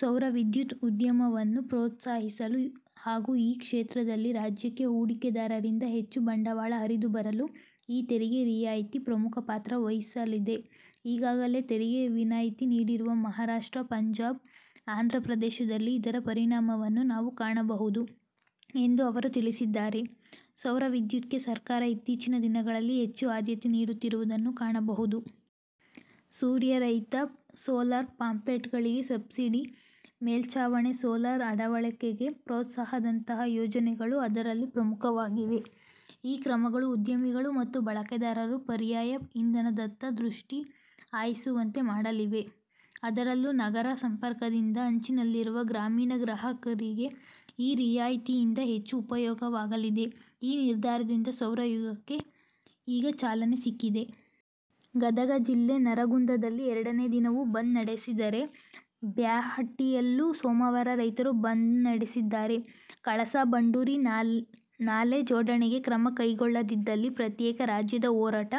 ಸೌರವಿದ್ಯುತ್ ಉದ್ಯಮವನ್ನು ಪ್ರೋತ್ಸಾಹಿಸಲು ಹಾಗೂ ಈ ಕ್ಷೇತ್ರದಲ್ಲಿ ರಾಜ್ಯಕ್ಕೆ ಹೂಡಿಕೆದಾರರಿಂದ ಹೆಚ್ಚು ಬಂಡವಾಳ ಹರಿದು ಬರಲು ಈ ತೆರಿಗೆ ರಿಯಾಯ್ತಿ ಪ್ರಮುಖ ಪಾತ್ರ ವಹಿಸಲಿದೆ. ಈಗಾಗಲೇ ತೆರಿಗೆ ವಿನಾಯ್ತಿ ನೀಡಿರುವ ಮಹಾರಾಷ್ಟ್ರ, ಪಂಜಾಬ್, ಆಂಧ್ರಪ್ರದೇಶದಲ್ಲಿ ಇದರ ಪರಿಣಾಮವನ್ನು ನಾವು ಕಾಣಬಹುದು ಎಂದು ಅವರು ತಿಳಿಸಿದ್ದಾರೆ. ಸೌರವಿದ್ಯುತ್ಗೆ ಸರ್ಕಾರ ಇತ್ತೀಚಿನ ದಿನಗಳಲ್ಲಿ ಹೆಚ್ಚು ಆದ್ಯತೆ ನೀಡುತ್ತಿರುವುದನ್ನು ಕಾಣಬಹುದು. ಸೂರ್ಯ ರೈತ, ಸೋಲಾರ್ ಪಂಪ್ಸೆಟ್ಗಳಿಗೆ ಸಬ್ಸಿಡಿ, ಮೇಲ್ಛಾವಣಿ ಸೋಲಾರ್ ಅಳವಡಿಕೆಗೆ ಪ್ರೋತ್ಸಾಹದಂತಹ ಯೋಜನೆಗಳು ಅದರಲ್ಲಿ ಪ್ರಮುಖವಾಗಿವೆ. ಈ ಕ್ರಮಗಳು ಉದ್ಯಮಿಗಳು ಮತ್ತು ಬಳಕೆದಾರರು ಪರ್ಯಾಯ ಇಂಧನದತ್ತ ದೃಷ್ಟಿ ಹಾಯಿಸುವಂತೆ ಮಾಡಲಿವೆ. ಅದರಲ್ಲೂ ನಗರ ಸಂಪರ್ಕದಿಂದ ಅಂಚಿನಲ್ಲಿರುವ ಗ್ರಾಮೀಣ ಗ್ರಾಹಕರಿಗೆ ಈ ರಿಯಾಯ್ತಿಯಿಂದ ಹೆಚ್ಚು ಉಪಯೋಗವಾಗಲಿದೆ. ಈ ನಿರ್ಧಾರದಿಂದ ಸೌರಯುಗಕ್ಕೆ ಈಗ ಚಾಲನೆ ಸಿಕ್ಕಿದೆ. ಗದಗ ಜಿಲ್ಲೆ ನರಗುಂದದಲ್ಲಿ ಎರಡನೇ ದಿನವೂ ಬಂದ್ ನಡೆಸಿದರೆ, ಬ್ಯಾಹಟ್ಟಿಯಲ್ಲೂ ಸೋಮವಾರ ರೈತರು ಬಂದ್ನಡೆಸಿದ್ದಾರೆ. ಕಳಸಾ ಬಂಡೂರಿ ನಾಲೆ ಜೋಡಣೆಗೆ ಕ್ರಮ ಕೈಗೊಳ್ಳದಿದ್ದಲ್ಲಿ ಪ್ರತ್ಯೇಕ ರಾಜ್ಯದ ಹೋರಾಟ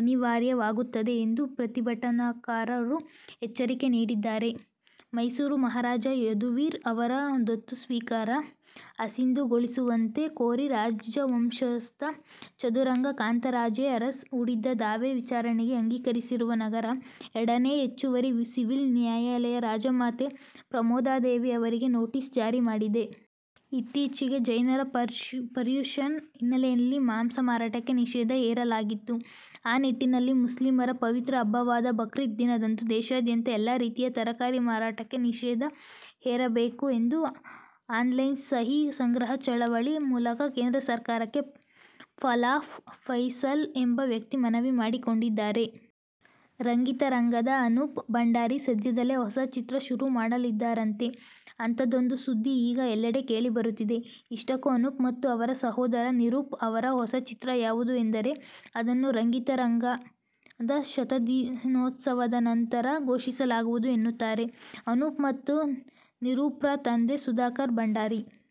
ಅನಿವಾರ್ಯವಾಗುತ್ತದೆ ಎಂದು ಪ್ರತಿಭಟನಾಕಾರರು ಎಚ್ಚರಿಕೆ ನೀಡಿದ್ದಾರೆ. ಮೈಸೂರು ಮಹಾರಾಜ ಯದುವೀರ್ ಅವರ ದತ್ತು ಸ್ವೀಕಾರ ಅಸಿಂಧುಗೊಳಿಸುವಂತೆ ಕೋರಿ ರಾಜವಂಶಸ್ಥ ಚದುರಂಗ ಕಾಂತರಾಜೇ ಅರಸ್ ಹೂಡಿದ್ದ ದಾವೆ ವಿಚಾರಣೆಗೆ ಅಂಗೀಕರಿಸಿರುವ ನಗರ ಎರಡನೇ ಹೆಚ್ಚುವರಿ ಸಿವಿಲ್ ನ್ಯಾಯಾಲಯ ರಾಜಮಾತೆ ಪ್ರಮೋದಾದೇವಿ ಅವರಿಗೆ ನೋಟಿಸ್ ಜಾರಿ ಮಾಡಿದೆ. ಇತ್ತೀಚೆಗೆ ಜೈನರ ಪರ್ಯೂಷನ್ ಹಿನ್ನೆಲೆಯಲ್ಲಿ ಮಾಂಸ ಮಾರಾಟಕ್ಕೆ ನಿಷೇಧ ಹೇರಲಾಗಿತ್ತು. ಆ ನಿಟ್ಟಿನಲ್ಲಿ ಮುಸ್ಲಿಮರ ಪವಿತ್ರ ಹಬ್ಬವಾದ ಬಕ್ರೀದ್ ದಿನದಂದು ದೇಶಾದ್ಯಂತ ಎಲ್ಲಾ ರೀತಿಯ ತರಕಾರಿ ಮಾರಾಟಕ್ಕೆ ನಿಷೇಧ ಹೇರಬೇಕು ಎಂದು ಆನ್ ಲೈನ್ ಸಹಿ ಸಂಗ್ರಹ ಚಳವಳಿ ಮೂಲಕ ಕೇಂದ್ರ ಸರ್ಕಾರಕ್ಕೆ ಫಲಾಹ್ ಫೈಸಲ್ ಎಂಬ ವ್ಯಕ್ತಿ ಮನವಿ ಮಾಡಿಕೊಂಡಿದ್ದಾರೆ! ರಂಗಿತರಂಗದ ಅನೂಪ್ ಭಂಡಾರಿ ಸದ್ಯದಲ್ಲೇ ಹೊಸ ಚಿತ್ರ ಶುರು ಮಾಡಲಿದ್ದಾರಂತೆ. ಅಂಥದ್ದೊಂದು ಸುದ್ದಿ ಈಗ ಎಲ್ಲೆಡೆ ಕೇಳಿ ಬರುತ್ತಿದೆ. ಇಷ್ಟಕ್ಕೂ ಅನೂಪ್ ಮತ್ತು ಅವರ ಸಹೋದರ ನಿರೂಪ್ ಅವರ ಹೊಸ ಚಿತ್ರ ಯಾವುದು ಎಂದರೆ, ಅದನ್ನು "ರಂಗಿತರಂಗ'ದ ಶತದಿನೋತ್ಸವದ ನಂತರ ಘೋಷಿಸಲಾಗುವುದು ಎನ್ನುತ್ತಾರೆ ಅನೂಪ್ ಮತ್ತು ನಿರೂಪ್ರ ತಂದೆ ಸುಧಾಕರ್ ಭಂಡಾರಿ.